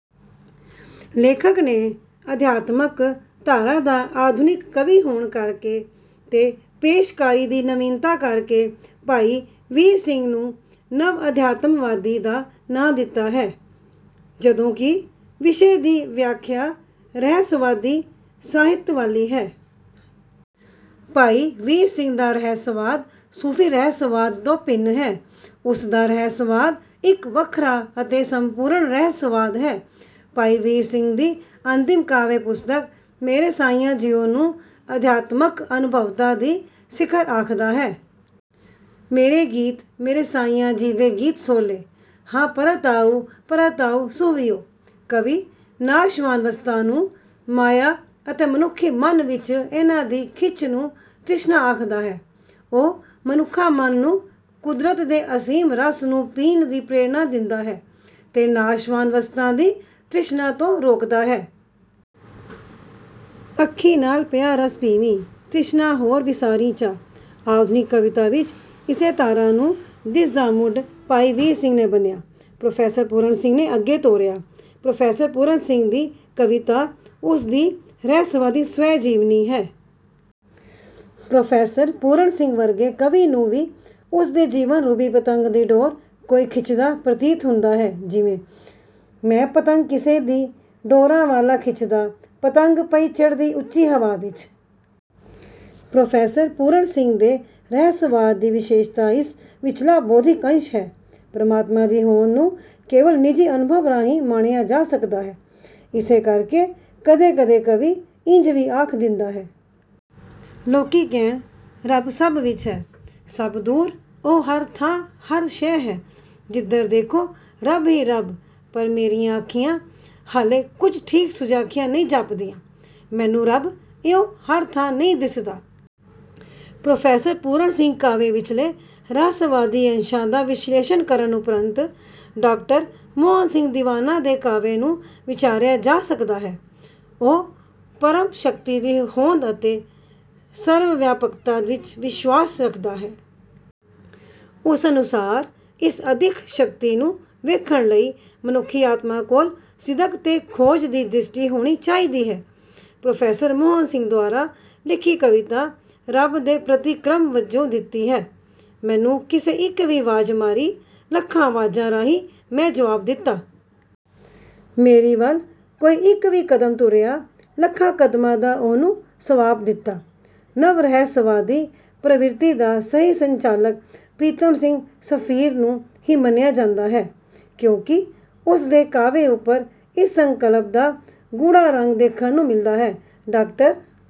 ਲੇਖਕ ਨੇ ਅਧਿਆਤਮਕ ਧਾਰਾ ਦਾ ਆਧੁਨਿਕ ਕਵੀ ਹੋਣ ਕਰ ਕੇ ਤੇ ਪੇਸ਼ਕਾਰੀ ਦੀ ਨਵੀਨਤਾ ਕਰ ਕੇ ਭਾਈ ਵੀਰ ਸਿੰਘ ਨੂੰ ਨਵ ਅਧਿਆਤਮਵਾਦੀ ਦਾ ਨਾਂ ਦਿੱਤਾ ਹੈ। ਜਦੋਂ ਕਿ ਵਿਸ਼ੇ ਦੀ ਵਿਆਖਿਆ ਰੈਹਿਸਵਾਦੀ ਸਾਹਿਤ ਵਾਲੀ ਹੈ। ਭਾਈ ਵੀਰ ਸਿੰਘ ਦਾ ਰੈਹੱਸਵਾਦ ਸੂਫੀ ਰੈਹੱਸਵਾਦ ਤੋਂ ਭਿੰਨ ਹੈ ਉਸ ਦਾ ਰੈਹੱਸਵਾਦ ਇੱਕ ਵੱਖਰਾ ਅਤੇ ਸੰਪੂਰਨ ਰੈਹਸਵਾਦ ਹੈ। ਭਾਈ ਵੀਰ ਸਿੰਘ ਦੀ ਅੰਤਿਮ ਕਾਵਿ ਪੁਸਤਕ ਮੇਰੇ ਸਾਈਆਂ ਜੀਓ ਨੂੰ ਅਧਿਆਤਮਕ ਅਨੁਭਵਤਾ ਦੀ ਸਿਖਰ ਆਖਦਾ ਹੈ। ਮੇਰੇ ਗੀਤ ਮੇਰੇ ਸਾਈਆਂ ਜੀ ਦੇ ਗੀਤ ਸੋਹਲੇ। ਹਾਂ ਪਰਤ ਆਉ ਪਰਤ ਆਉ ਸੁਹਵਿਉ। ਕਵੀ ਨਾਸ਼ਵਾਨ ਵਸਤਾਂ ਨੂੰ ਮਾਇਆ ਅਤੇ ਮਨੁੱਖੀ ਮਨ ਵਿੱਚ ਇਹਨਾਂ ਦੀ ਖਿੱਚ ਨੂੰ ਤ੍ਰਿਸ਼ਨਾ ਆਖਦਾ ਹੈ। ਉਹ ਮਨੁੱਖਾ ਮਨ ਨੂੰ ਕੁਦਰਤ ਦੇ ਅਸੀਮ ਰਸ ਨੂੰ ਪੀਣ ਦੀ ਪ੍ਰੇਰਨਾ ਦਿੰਦਾ ਹੈ ਤੇ ਨਾਸ਼ਵਾਨ ਵਸਤਾਂ ਦੀ ਤ੍ਰਿਸ਼ਨਾ ਤੋਂ ਰੋਕਦਾ ਹੈ। ਅੱਖੀਂ ਨਾਲ ਪਿਆ ਰਸ ਪੀਵੀਂ ਤ੍ਰਿਸ਼ਨਾ ਹੋਰ ਵਿਸਾਰੀ ਚਾ। ਆਧੁਨਿਕ ਕਵਿਤਾ ਵਿੱਚ ਇਸੇ ਧਾਰਾ ਨੂੰ ਜਿਸਦਾ ਮੁੱਢ ਭਾਈ ਵੀਰ ਸਿੰਘ ਨੇ ਬੰਨ੍ਹਿਆ ਪ੍ਰੋਫੈਸਰ ਪੂਰਨ ਸਿੰਘ ਨੇ ਅੱਗੇ ਤੋਰਿਆ। ਪ੍ਰੋਫੈਸਰ ਪੂਰਨ ਸਿੰਘ ਦੀ ਕਵਿਤਾ ਉਸ ਦੀ ਰੈਹਸਵਾਦੀ ਸਵੈਜੀਵਨੀ ਹੈ। ਪ੍ਰੋਫੈਸਰ ਪੂਰਨ ਸਿੰਘ ਵਰਗੇ ਕਵੀ ਨੂੰ ਵੀ ਉਸ ਦੇ ਜੀਵਨ ਰੂਪੀ ਪਤੰਗ ਦੀ ਡੋਰ ਕੋਈ ਖਿੱਚਦਾ ਪ੍ਰਤੀਤ ਹੁੰਦਾ ਹੈ ਜਿਵੇਂ। ਮੈਂ ਪਤੰਗ ਕਿਸੇ ਦੀ ਡੋਰਾਂ ਵਾਲਾ ਖਿੱਚਦਾ ਪਤੰਗ ਪਈ ਚੜ੍ਹਦੀ ਉਚੀ ਹਵਾ ਵਿਚ। ਪ੍ਰੋਫੈਸਰ ਪੂਰਨ ਸਿੰਘ ਦੇ ਰੈਹਸਵਾਦ ਦੀ ਵਿਸ਼ੇਸ਼ਤਾ ਇਸ ਵਿਚਲਾ ਬੌਧਿਕ ਅੰਸ਼ ਹੈ। ਪ੍ਰਮਾਤਮਾ ਦੀ ਹੋਂਦ ਨੂੰ ਕੇਵਲ ਨਿੱਜੀ ਅਨੁਭਵ ਰਾਹੀਂ ਮਾਣਿਆ ਜਾ ਸਕਦਾ ਹੈ। ਏਸੇ ਕਰ ਕੇ ਕਦੇ ਕਦੇ ਕਵੀ ਇੰਝ ਵੀ ਆਖ ਦਿੰਦਾ ਹੈ। ਲੋਕੀ ਕਹਿਣ ਰੱਬ ਸਭ ਵਿੱਚ ਹੈ ਸਭ ਦੂਰ ਉਹੋ ਹਰ ਥਾਂ ਹਰ ਸ਼ੈ ਹੈ ਜਿਧਰ ਦੇਖੋ ਰੱਬ ਹੀ ਰੱਬ ਪਰ ਮੇਰੀਆਂ ਅੱਖੀਆਂ ਹਾਲੇ ਕੁਝ ਠੀਕ ਸੁਜਾਖੀਆਂ ਨਹੀਂ ਜਾਪਦੀਆਂ। ਮੈਨੂੰ ਰੱਬ ਇਉਂ ਹਰ ਥਾਂ ਨਹੀਂ ਦਿਸਦਾ। ਪ੍ਰੋਫੈਸਰ ਪੂਰਨ ਸਿੰਘ ਕਾਵੀ ਵਿਚਲੇ ਰਹੱਸਵਾਦੀ ਅੰਸ਼ਾਂ ਦਾ ਵਿਸ਼ਲੇਸ਼ਣ ਕਰਨ ਉਪਰੰਤ ਡਾਕਟਰ ਮੋਹਨ ਸਿੰਘ ਦੀਵਾਨਾ ਦੇ ਕਾਵੇ ਨੂੰ ਵਿਚਾਰਿਆ ਜਾ ਸਕਦਾ ਹੈ। ਉਹ ਪਰਮ ਸ਼ਕਤੀ ਦੀ ਹੋਂਦ ਅਤੇ ਸਰਵਵਿਆਪਕਤਾ ਵਿੱਚ ਵਿਸ਼ਵਾਸ ਰੱਖਦਾ ਹੈ। ਉਸ ਅਨੁਸਾਰ ਇਸ ਅਦਿੱਖ ਸ਼ਕਤੀ ਨੂੰ ਵੇਖਣ ਲਈ ਮਨੁੱਖੀ ਆਤਮਾ ਕੋਲ ਸਿਦਕ ਤੇ ਖੋਜ ਦੀ ਦ੍ਰਿਸ਼ਟੀ ਹੋਣੀ ਚਾਹੀਦੀ ਹੈ। ਪ੍ਰੋਫੈਸਰ ਮੋਹਨ ਸਿੰਘ ਦੁਆਰਾ ਲਿਖੀ ਕਵਿਤਾ ਰੱਬ ਦੇ ਪ੍ਰਤੀਕ੍ਰਮ ਵਜੋਂ ਦਿੱਤੀ ਹੈ। ਮੈਨੂੰ ਕਿਸੇ ਇੱਕ ਵੀ ਵਾਜ ਮਾਰੀ ਲੱਖਾਂ ਵਾਜਾਂ ਰਾਹੀਂ ਮੈਂ ਜਵਾਬ ਦਿੱਤਾ। ਮੇਰੇ ਵੱਲ ਕੋਈ ਇੱਕ ਵੀ ਕਦਮ ਤੁਰਿਆ ਲੱਖਾਂ ਕਦਮਾਂ ਦਾ ਉਹਨੂੰ ਸਵਾਬ ਦਿੱਤਾ। ਨਵ ਰੈਹਸਵਾਦੀ ਪ੍ਰਵਿਰਤੀ ਦਾ ਸਹੀ ਸੰਚਾਲਕ ਪ੍ਰੀਤਮ ਸਿੰਘ ਸਫੀਰ ਨੂੰ ਹੀ ਮੰਨਿਆ ਜਾਂਦਾ ਹੈ। ਕਿਉਂਕਿ ਉਸ ਦੇ ਕਾਵੇ ਉੱਪਰ ਇਸ ਸੰਕਲਪ ਦਾ ਗੂੜਾ ਰੰਗ ਦੇਖਣ ਨੂੰ ਮਿਲਦਾ ਹੈ। ਡਾਕਟਰ